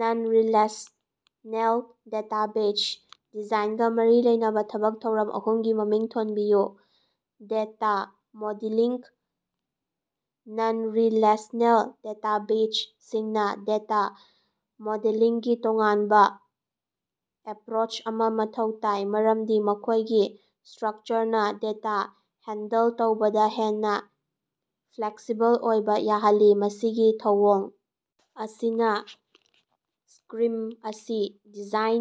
Non-relational database ꯗꯤꯖꯥꯏꯟꯒ ꯃꯔꯤ ꯂꯩꯅꯕ ꯊꯕꯛ ꯊꯧꯔꯝ ꯑꯍꯨꯝꯒꯤ ꯃꯃꯤꯡ ꯊꯣꯟꯕꯤꯌꯨ꯫ ꯗꯦꯇ ꯃꯣꯗꯦꯂꯤꯡ ꯅꯟꯔꯤꯂꯦꯁꯅꯦꯜ ꯗꯦꯇꯥꯕꯦꯖꯁꯤꯡꯅ ꯗꯦꯇ ꯃꯣꯗꯦꯂꯤꯡꯒꯤ ꯇꯣꯉꯥꯟꯕ ꯑꯦꯄꯔꯣꯁ ꯑꯃ ꯃꯊꯧ ꯇꯥꯏ ꯃꯔꯝꯗꯤ ꯃꯈꯣꯏꯒꯤ ꯁꯇꯔꯛꯆꯔꯅ ꯗꯦꯇ ꯍꯦꯟꯗꯜ ꯇꯧꯕꯗ ꯍꯦꯟꯅ ꯐꯂꯦꯛꯁꯤꯕꯜ ꯑꯣꯏꯕ ꯌꯥꯍꯜꯂꯤ꯫ ꯃꯁꯤꯒꯤ ꯊꯧꯑꯣꯡ ꯑꯁꯤꯅ ꯁꯀꯔꯤꯝ ꯑꯁꯤ ꯗꯤꯖꯥꯏꯟ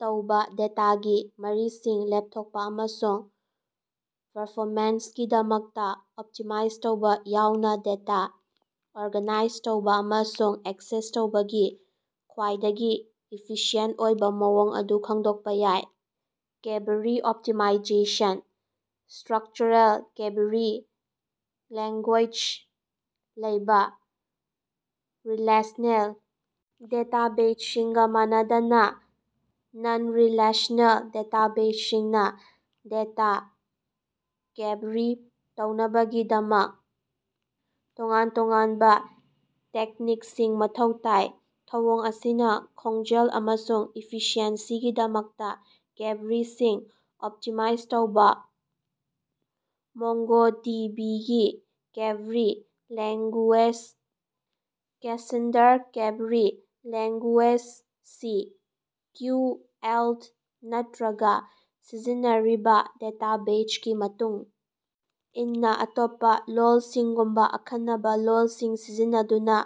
ꯇꯧꯕ ꯗꯦꯇꯥꯒꯤ ꯃꯔꯤꯁꯤꯡ ꯂꯦꯞꯊꯣꯛꯄ ꯑꯃꯁꯨꯡ ꯄꯔꯐꯣꯃꯦꯟꯁꯀꯤꯗꯃꯛꯇ ꯑꯣꯞꯇꯤꯃꯥꯏꯖ ꯇꯧꯕ ꯌꯥꯎꯅ ꯗꯦꯇ ꯑꯣꯔꯒꯥꯅꯥꯏꯖ ꯇꯧꯕ ꯑꯃꯁꯨꯡ ꯑꯦꯛꯁꯦꯁ ꯇꯧꯕꯒꯤ ꯈ꯭ꯋꯥꯏꯗꯒꯤ ꯏꯐꯤꯁꯤꯑꯦꯟ ꯑꯣꯏꯕ ꯃꯑꯣꯡ ꯑꯗꯨ ꯈꯪꯗꯣꯛꯄ ꯌꯥꯏ꯫ Query optimisation structural query language ꯂꯩꯕ ꯔꯤꯂꯦꯁꯅꯦꯜ ꯗꯦꯇꯥꯕꯦꯖꯁꯤꯡꯒ ꯃꯥꯟꯅꯗꯅ ꯅꯟꯔꯤꯂꯦꯁꯅꯦꯜ ꯗꯦꯇꯥꯕꯦꯖꯁꯤꯡꯅ ꯗꯦꯇ ꯀꯕꯦꯔꯤ ꯇꯧꯅꯕꯒꯤꯗꯃꯛ ꯇꯣꯉꯥꯟ ꯇꯣꯉꯥꯅꯕ ꯇꯦꯛꯅꯤꯛꯁꯤꯡ ꯃꯊꯧ ꯇꯥꯏ꯫ ꯊꯧꯑꯣꯡ ꯑꯁꯤꯅ ꯈꯣꯡꯖꯦꯜ ꯑꯃꯁꯨꯡ ꯏꯐꯤꯁꯤꯑꯦꯟꯁꯤꯒꯤꯗꯃꯛꯇ ꯀꯕꯦꯔꯤꯁꯤꯡ ꯑꯣꯞꯇꯤꯃꯥꯏꯖ ꯇꯧꯕ ꯃꯣꯡꯒꯣꯗꯤꯕꯤꯒꯤ query language Cassandra query language C Q L ꯅꯠꯇ꯭ꯔꯒ ꯁꯤꯖꯤꯟꯅꯔꯤꯕ ꯗꯦꯇꯥꯕꯦꯖꯒꯤ ꯃꯇꯨꯡ ꯏꯟꯅ ꯑꯇꯣꯞꯄ ꯂꯣꯟꯁꯤꯡꯒꯨꯝꯕ ꯑꯈꯟꯅꯕ ꯂꯣꯟꯁꯤꯡ ꯁꯤꯖꯤꯟꯅꯗꯨꯅ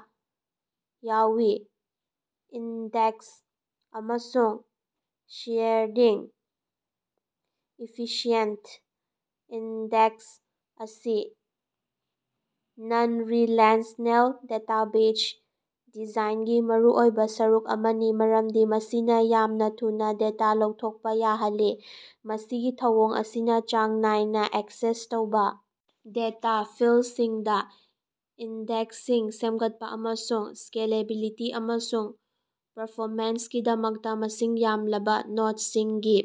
ꯌꯥꯎꯏ꯫ ꯏꯟꯗꯦꯛꯁ ꯑꯃꯁꯨꯡ ꯁꯦꯌꯔꯗꯤꯡ ꯏꯐꯤꯁꯤꯑꯦꯟ ꯏꯟꯗꯦꯛꯁ ꯑꯁꯤ ꯅꯟꯔꯤꯂꯦꯁꯅꯦꯜ ꯗꯦꯇꯥꯕꯦꯖ ꯗꯤꯖꯥꯏꯟꯒꯤ ꯃꯔꯨꯑꯣꯏꯕ ꯁꯔꯨꯛ ꯑꯃꯅꯤ ꯃꯔꯝꯗꯤ ꯃꯁꯤꯅ ꯌꯥꯝꯅ ꯊꯨꯅ ꯗꯦꯇ ꯂꯧꯊꯣꯛꯄ ꯌꯥꯍꯜꯂꯤ꯫ ꯃꯁꯤꯒꯤ ꯊꯧꯑꯣꯡ ꯑꯁꯤꯅ ꯆꯥꯡ ꯅꯥꯏꯅ ꯑꯦꯛꯁꯦꯁ ꯇꯧꯕ ꯗꯦꯇ ꯐꯤꯜꯁꯤꯡꯗ ꯏꯟꯗꯦꯛꯁꯤꯡ ꯁꯦꯝꯒꯠꯄ ꯑꯃꯁꯨꯡ ꯁꯀꯦꯂꯦꯕꯤꯂꯤꯇꯤ ꯑꯃꯁꯨꯡ ꯄꯔꯐꯣꯃꯦꯟꯁꯀꯤꯗꯃꯛꯇ ꯃꯁꯤꯡ ꯌꯥꯝꯂꯕ ꯅꯣꯠꯁꯤꯡꯒꯤ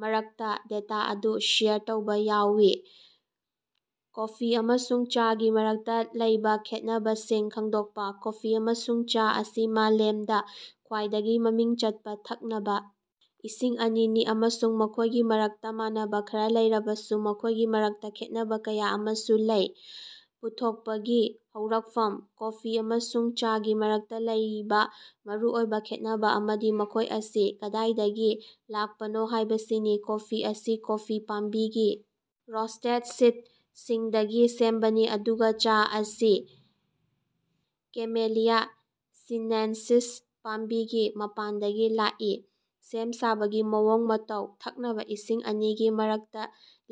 ꯃꯔꯛꯇ ꯗꯦꯇ ꯑꯗꯨ ꯁꯦꯌꯔ ꯇꯧꯕ ꯌꯥꯎꯏ꯫ ꯀꯣꯐꯤ ꯑꯃꯁꯨꯡ ꯆꯥꯒꯤ ꯃꯔꯛꯇ ꯂꯩꯕ ꯈꯦꯠꯅꯕꯁꯤꯡ ꯈꯪꯗꯣꯛꯄ꯫ ꯀꯣꯐꯤ ꯑꯃꯁꯨꯡ ꯆꯥ ꯑꯁꯤ ꯃꯥꯂꯦꯝꯗ ꯈ꯭ꯋꯥꯏꯗꯒꯤ ꯃꯃꯤꯡ ꯆꯠꯄ ꯊꯛꯅꯕ ꯏꯁꯤꯡ ꯑꯅꯤꯅꯤ ꯑꯃꯁꯨꯡ ꯃꯈꯣꯏꯒꯤ ꯃꯔꯛꯇ ꯃꯥꯟꯅꯕ ꯈꯔ ꯂꯩꯔꯕꯁꯨ ꯃꯈꯣꯏꯒꯤ ꯃꯔꯛꯇ ꯈꯦꯠꯅꯕ ꯀꯌꯥ ꯑꯃꯁꯨ ꯂꯩ꯫ ꯄꯨꯊꯣꯛꯄꯒꯤ ꯍꯧꯔꯛꯐꯝ ꯀꯣꯐꯤ ꯑꯃꯁꯨꯡ ꯆꯥꯒꯤ ꯃꯔꯛꯇ ꯂꯩꯕ ꯃꯔꯨꯑꯣꯏꯕ ꯈꯦꯠꯅꯕ ꯑꯃꯗꯤ ꯃꯈꯣꯏ ꯑꯁꯤ ꯀꯗꯥꯏꯗꯒꯤ ꯂꯥꯛꯄꯅꯣ ꯍꯥꯏꯕꯁꯤꯅꯤ꯫ ꯀꯣꯐꯤ ꯑꯁꯤ ꯀꯣꯐꯤ ꯄꯥꯝꯕꯤꯒꯤ ꯔꯣꯁꯇꯦꯠ ꯁꯤꯠꯁꯤꯡꯗꯒꯤ ꯁꯦꯝꯕꯅꯤ ꯑꯗꯨꯒ ꯆꯥ ꯑꯁꯤ ꯀꯦꯃꯦꯂꯤꯌꯥ ꯁꯤꯅꯦꯟꯁꯤꯁ ꯄꯥꯝꯕꯤꯒꯤ ꯃꯄꯥꯟꯗꯒꯤ ꯂꯥꯛꯏ꯫ ꯁꯦꯝ ꯁꯥꯕꯒꯤ ꯃꯑꯣꯡ ꯃꯇꯧ ꯊꯛꯅꯕ ꯏꯁꯤꯡ ꯑꯅꯤꯒꯤ ꯃꯔꯛꯇ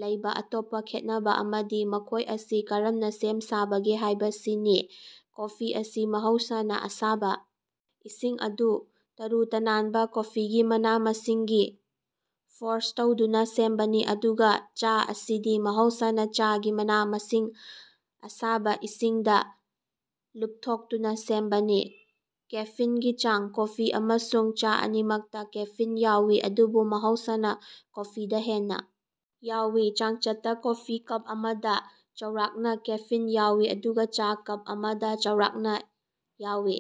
ꯂꯩꯕ ꯑꯇꯣꯞꯄ ꯈꯦꯟꯅꯕ ꯑꯃꯗꯤ ꯃꯈꯣꯏ ꯑꯁꯤ ꯀꯔꯝꯅ ꯁꯦꯝ ꯁꯥꯕꯒꯦ ꯍꯥꯏꯕꯁꯤꯅꯤ꯫ ꯀꯣꯐꯤ ꯑꯁꯤ ꯃꯍꯧꯁꯥꯅ ꯑꯁꯥꯕ ꯏꯁꯤꯡ ꯑꯗꯨ ꯇꯔꯨ ꯇꯅꯥꯟꯕ ꯀꯣꯐꯤꯒꯤ ꯃꯅꯥ ꯃꯁꯤꯡꯒꯤ ꯐꯣꯔꯁ ꯇꯧꯗꯨꯅ ꯁꯦꯝꯕꯅꯤ ꯑꯗꯨꯒ ꯆꯥ ꯑꯁꯤꯗꯤ ꯃꯍꯧꯁꯥꯅ ꯆꯥꯒꯤ ꯃꯅꯥ ꯃꯁꯤꯡ ꯑꯁꯥꯕ ꯏꯁꯤꯡꯗ ꯂꯨꯞꯊꯣꯛꯇꯨꯅ ꯁꯦꯝꯕꯅꯤ꯫ ꯀꯦꯐꯤꯟꯒꯤ ꯆꯥꯡ ꯀꯣꯐꯤ ꯑꯃꯁꯨꯡ ꯆꯥ ꯑꯅꯤꯃꯛꯇ ꯀꯦꯐꯤꯟ ꯌꯥꯎꯏ ꯑꯗꯨꯕꯨ ꯃꯍꯧꯁꯥꯅ ꯀꯣꯐꯤꯗ ꯍꯦꯟꯅ ꯌꯥꯎꯏ꯫ ꯆꯥꯡꯆꯠꯇ ꯀꯣꯐꯤ ꯀꯞ ꯑꯃꯗ ꯆꯥꯎꯔꯥꯛꯅ ꯀꯦꯐꯤꯟ ꯌꯥꯎꯏ ꯑꯗꯨꯒ ꯆꯥ ꯀꯞ ꯑꯃꯗ ꯆꯥꯎꯔꯥꯛꯅ ꯌꯥꯎꯏ꯫